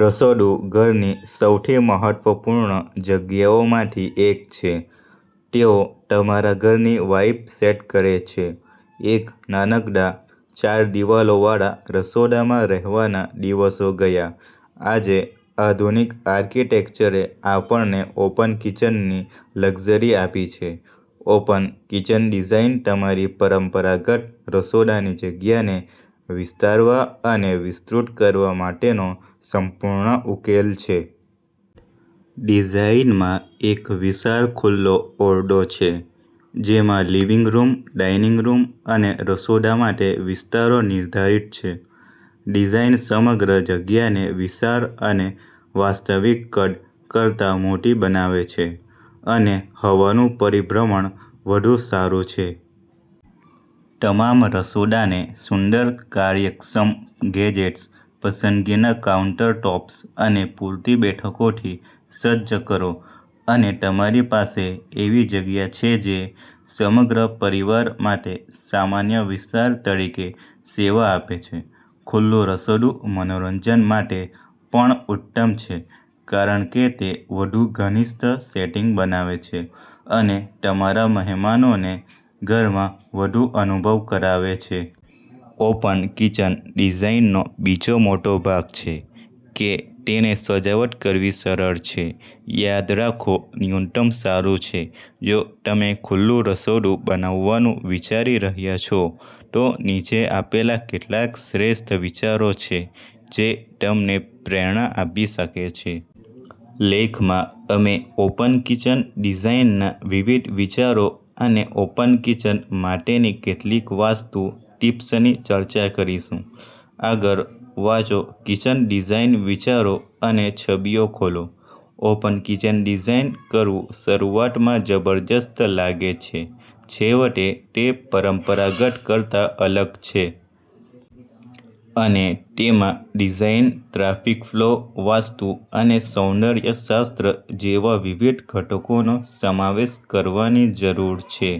રસોડું ઘરની સૌથી મહત્વપૂર્ણ જગ્યાઓમાંથી એક છે. તેઓ તમારા ઘરની વાઇબ સેટ કરે છે. એક નાનકડા, ચાર દીવાલો વાળા રસોડામાં રહેવાના દિવસો ગયા. આજે આધુનિક આર્કિટેક્ચરે આપણને ઓપન કિચનની લક્ઝરી આપી છે. ઓપન કિચન ડિઝાઇન તમારી પરંપરાગત રસોડાની જગ્યાને વિસ્તારવા અને વિસ્તૃત કરવા માટેનો સંપૂર્ણ ઉકેલ છે. ડિઝાઇનમાં એક વિશાળ ખુલ્લો ઓરડો છે જેમાં લિવિંગ રૂમ, ડાઇનિંગ રૂમ અને રસોડા માટે વિસ્તારો નિર્ધારિત છે. ડિઝાઇન સમગ્ર જગ્યાને વિશાળ અને વાસ્તવિક કદ કરતાં મોટી બનાવે છે અને હવાનું પરિભ્રમણ વધુ સારું છે. તમારા રસોડાને સુંદર, કાર્યક્ષમ ગેજેટ્સ, પસંદગીના કાઉન્ટરટૉપ્સ અને પૂરતી બેઠકોથી સજ્જ કરો અને તમારી પાસે એવી જગ્યા છે જે સમગ્ર પરિવાર માટે સામાન્ય વિસ્તાર તરીકે સેવા આપે છે. ખુલ્લું રસોડું મનોરંજન માટે પણ ઉત્તમ છે કારણ કે તે વધુ ઘનિષ્ઠ સેટિંગ બનાવે છે અને તમારા મહેમાનોને ઘરમાં વધુ અનુભવ કરાવે છે. ઓપન કિચન ડિઝાઈનનો બીજો મોટો ભાગ છે કે તેને સજાવટ કરવી સરળ છે. યાદ રાખો, ન્યૂનતમ સારું છે. જો તમે ખુલ્લું રસોડું બનાવવાનું વિચારી રહ્યા છો, તો નીચે આપેલા કેટલાક શ્રેષ્ઠ વિચારો છે જે તમને પ્રેરણા આપી શકે છે. લેખમાં અમે ઓપન કિચન ડિઝાઇનના વિવિધ વિચારો અને ઓપન કિચન માટેની કેટલીક વાસ્તુ ટીપ્સની ચર્ચા કરીશું. આગળ વાંચોકિચન ડિઝાઇન વિચારો અને છબીઓ ખોલો, ઓપન કિચન ડિઝાઇન કરવું શરૂઆતમાં જબરજસ્ત લાગે છે. છેવટે, તે પરંપરાગત કરતાં અલગ છે. અને તેમાં ડિઝાઈન, ટ્રાફિક ફ્લો, વાસ્તુ અને સૌંદર્ય શાસ્ત્ર જેવા વિવિધ ઘટકોનો સમાવેશ કરવાની જરૂર છે.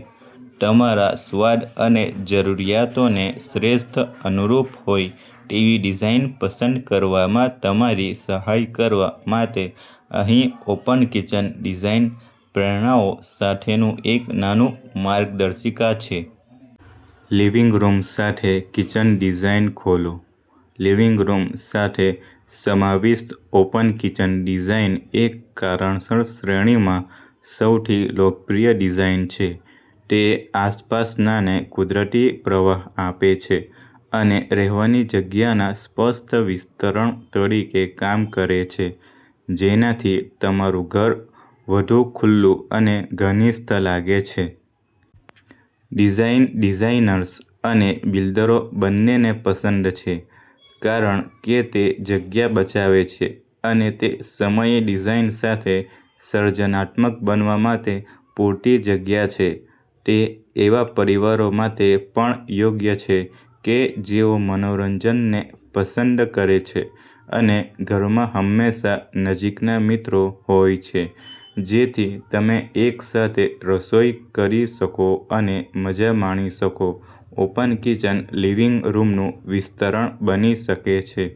તમારા સ્વાદ અને જરૂરિયાતોને શ્રેષ્ઠ અનુરૂપ હોય તેવી ડિઝાઇન પસંદ કરવામાં તમારી સહાય કરવા માટે અહીં ઓપન કિચન ડિઝાઇન પ્રેરણાઓ સાથેનું એક નાનું માર્ગદર્શિકા છે. લિવિંગ રૂમ સાથે કિચન ડિઝાઇન ખોલો લિવિંગ રૂમ સાથે સમાવિષ્ટ ઓપન કિચન ડિઝાઇન એક કારણસર શ્રેણીમાં સૌથી લોકપ્રિય ડિઝાઇન છે. તે આસપાસનાને કુદરતી પ્રવાહ આપે છે અને રહેવાની જગ્યાના સ્પષ્ટ વિસ્તરણ તરીકે કામ કરે છે જેનાથી તમારું ઘર વધુ ખુલ્લું અને ઘનિષ્ઠ લાગે છે. ડિઝાઇન ડિઝાઇનર્સ અને બિલ્ડરો બંનેને પસંદ છે કારણ કે તે જગ્યા બચાવે છે અને તે સમયે ડિઝાઇન સાથે સર્જનાત્મક બનવા માટે પૂરતી જગ્યા છે. તે એવા પરિવારો માટે પણ યોગ્ય છે કે જેઓ મનોરંજનને પસંદ કરે છે અને ઘરમાં હંમેશા નજીકના મિત્રો હોય છે જેથી તમે એકસાથે રસોઇ કરી શકો અને મજા માણી શકો. ઓપન કિચન લિવિંગ રૂમનું વિસ્તરણ બની શકે છે.